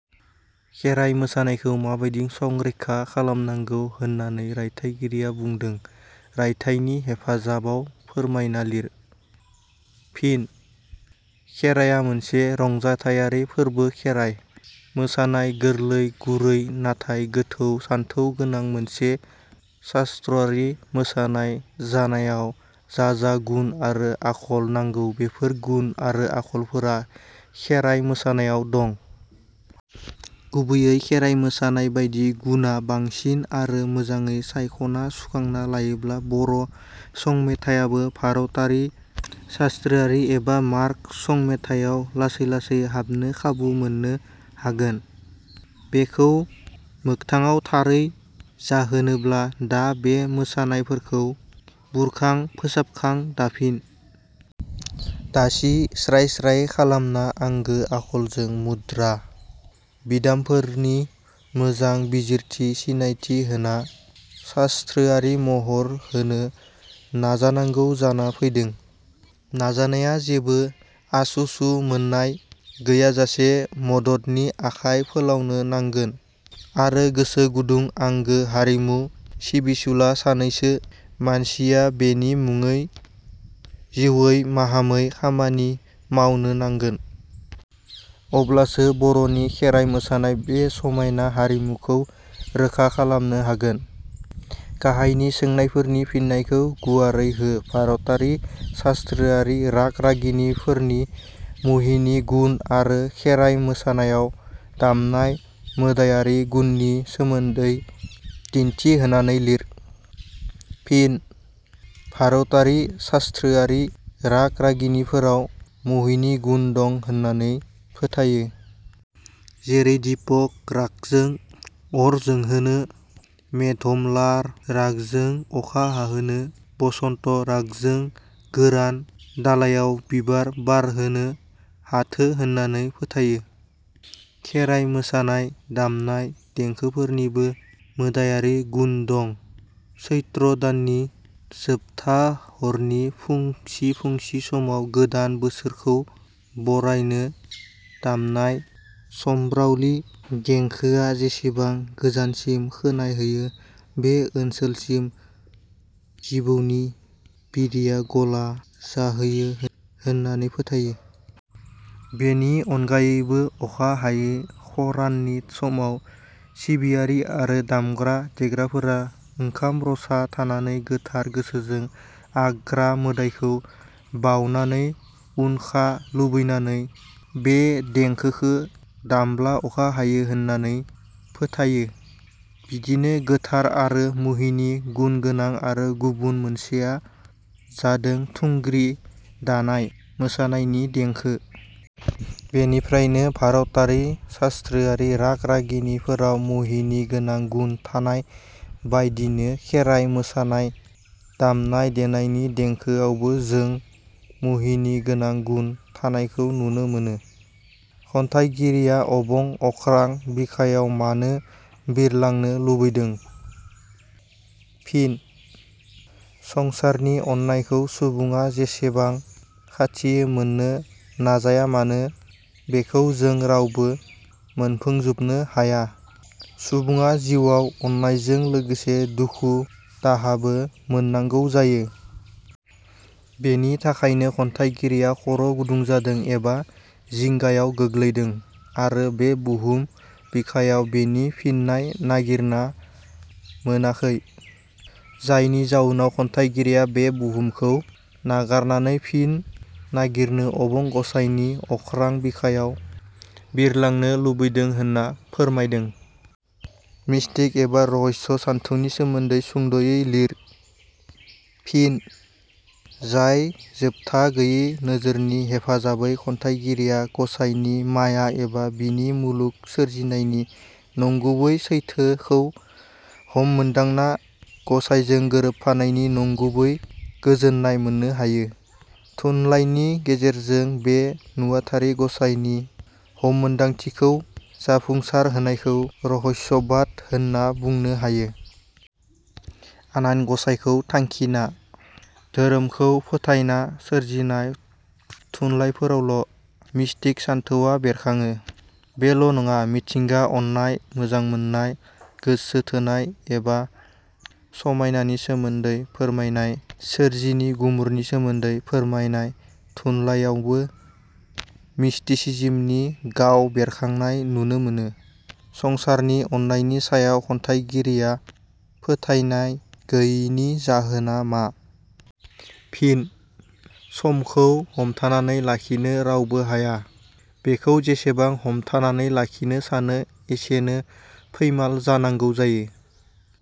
खेराय मोसानायखौ माबादि संरैखा खालामनांगौ होननानै रायथाइगिरिया बुंदों रायथाइनि हेफाजाबाव फोरमायना लिर। फिन: खेराया मोनसे रंजाथायारि फोरबो खेराइ मोसानाया गोरललै, गुरै नाथाय गोथौ सानथौ गोनां मोनसे सास्थोरारि मोसानाय जानायाव जा जा गुण आरो आखल नांगौ बेफोर गुण आरो आखलफोरा खेराइ मोसानायाव दं। गुबैये खेराइ मोसानायबादि गुणा बांसिन आरो मोजाङै सायखना सुखांना लायोब्ला बर' संमेथायाबो भारतारि सास्थोरारि एबा मार्ग संमेथायाव लासै लासै हाबनो खाबु मोननो हागोन। बेखौ मोगथाङाव थारै जाहोनोब्ला दा बे मोसानायफोरखौ बुरखां फोसाबखां, दाफिन दासि स्राय स्राय खालामना आंगो आखलजों मुद्रा, बिदाम फोरनि मोजां बिजिरथि, सिनायथि होना सास्थोरारि महर होनो नाजानांगौ जाना फैदों नाजानाया जेबो आसु-सु मोननाय गैयाजासे मददनि आखाइ फोलावनो नांगोन आरो गोसो गुदं आंगो हारिमु सिबिसुला सानैसो मानसिया बेनि मुङै जिउवै- माहामै खामानि मावनो नांगोन। अब्लासो बर'नि खेराइ मोसानाय बे समायना हारिमुखो रैखा खालामनो हागोन।. गाहायनि सोंनायफोरनि फिननायखौ गुवारै हो भारतारि सास्थोरारि राग-रागिनिफोरनि मुहिनि गुन आरो खेराय मोसानायाव दामनाय मोदायारि गुननि सोमोन्दै दिन्थि होनानै लिर। फिन: भारतारि सास्थोरारि राग-रागिनिफोराव मुहिनि गुन दं होननानै फोथायो। जेरै दीपक रागजों अर जोंहोनो, मेघमल्लार रागजों अखा हाहोनो, बसन्त रागजों गोरान दालायाव बिबार बारहोनो हाथो होननानै फोथायो। खेराइ मोसानाय दामनाय देंखोफोरनिबो मोदायारि गुन दं सैत्र दाननि जोबथा हरनि फुंसि फुंसि समाव गोदान बोसोरखौ बरायनो दामनाय सम्रावलि देंखोआ जेसेबां गोजानसिम खोनाहैयो बे ओनसोलसिम जिबौनि बिदैया गला जाहैयो होननानै फोथायो। बेनि अनगायैबो अखा हायै खराननि समाव सिबियारि आरो दामग्रा देग्राफोरा ओंखाम रसा थानानै गोथार गोसोजों आग्रा मोदायखौ बावनानै उनखा लुबैनानै बे देंखोखो दामब्ला अखा हायो होनना फोथायो। बिदिनो गोथार आरो मुहिनि गुनगोनां आरो गुबुन मोनसेया जादों थुग्रि गानाय मोसानायनि देंखो। बेनिफ्रायनो भारतारि सास्थोरारि राग-रागिनि फोराव मुहिनि गोनां गुन थानाय बादिनो खेराइ मोसानाय दामनाय देनायनि देंखोआवबो जों मुहिनि गोनां गुण थानायखौ नुनो मोनो। खन्थाइगिरिया अबं अख्रां बिखायाव मानो बिरलांनो लुबैदों? फिनः संसारनि अननायखौ सुबुङा जेसेबां खाथियै मोननो नाजायामानो बेखौ जों रावबो मोनफुंजोबनो हाया सुबुङा जिउवाव अननायजों लोगोसे दुखु दाहाबो मोननांगौ जायो। बेनि थाखायनो खन्थाइगिरिया खर' गुदुं जादों एबा जिंगायाव गोग्लैदों आरो बे बहुम बिखायाव बेनि फिननाय नागिरना मोनाखै। जायनि जाउनाव खन्थाइगिरिया बे बहुमखौ नागारनानै फिन नागिरनो अबं गसाइनि अख्रां बिखायाव बिरलांनो लुबैदों होनना फोरमायदों। मिष्टिक एबा रहस्य सान्थौनि सोमोन्दै सुंदयै लिर। फिनः जाय जोबथा गैयै नोजोरनि हेफाजाबै खन्थाइगिरिया गसाइनि माया एबा बिनि मुलुग सोरजिनायनि नंगुबै सैथोखो हममोन्दांना गसाइजों गोरोबफानायनि नंगुबै गोजोननाय मोननो हायो, थुनलाइनि गेजेरजों बे नुवाथारि गसाइनि हममोन्दांथिखौ जाफुंसार होनायखौनो रहस्यबाद होनना बुंनो हायो। आनान गसाइखौ थांखिना, दोहोरोमखौ फोथायना सोरजिनाय थुनलाइफोरावल' मिष्टिक सानथौवा बेरखाङो, बेल' नङा मिथिंगा, अननाय, मोजां मोननाय, गोसो थोनाय एबा समायनानि सोमोन्दै फोरमायनाय, सोरजिनि गुमुरनि सोमोन्दै फोरमायनाय थुनलाइयावबो मिष्टिसिजिमनि गाव बेरखांनाय नुनो मोनो। संसारनि अनायनि सायाव खन्थाइगिरिया फोथायनाय गैयैनि जाहोना मा? फिनः समखौ हमथानानै लाखिनो रावबो हाया। बेखौ जेसेबां हमथानानै लाखिनो सानो एसेनो फैमाल जानांगौ जायो।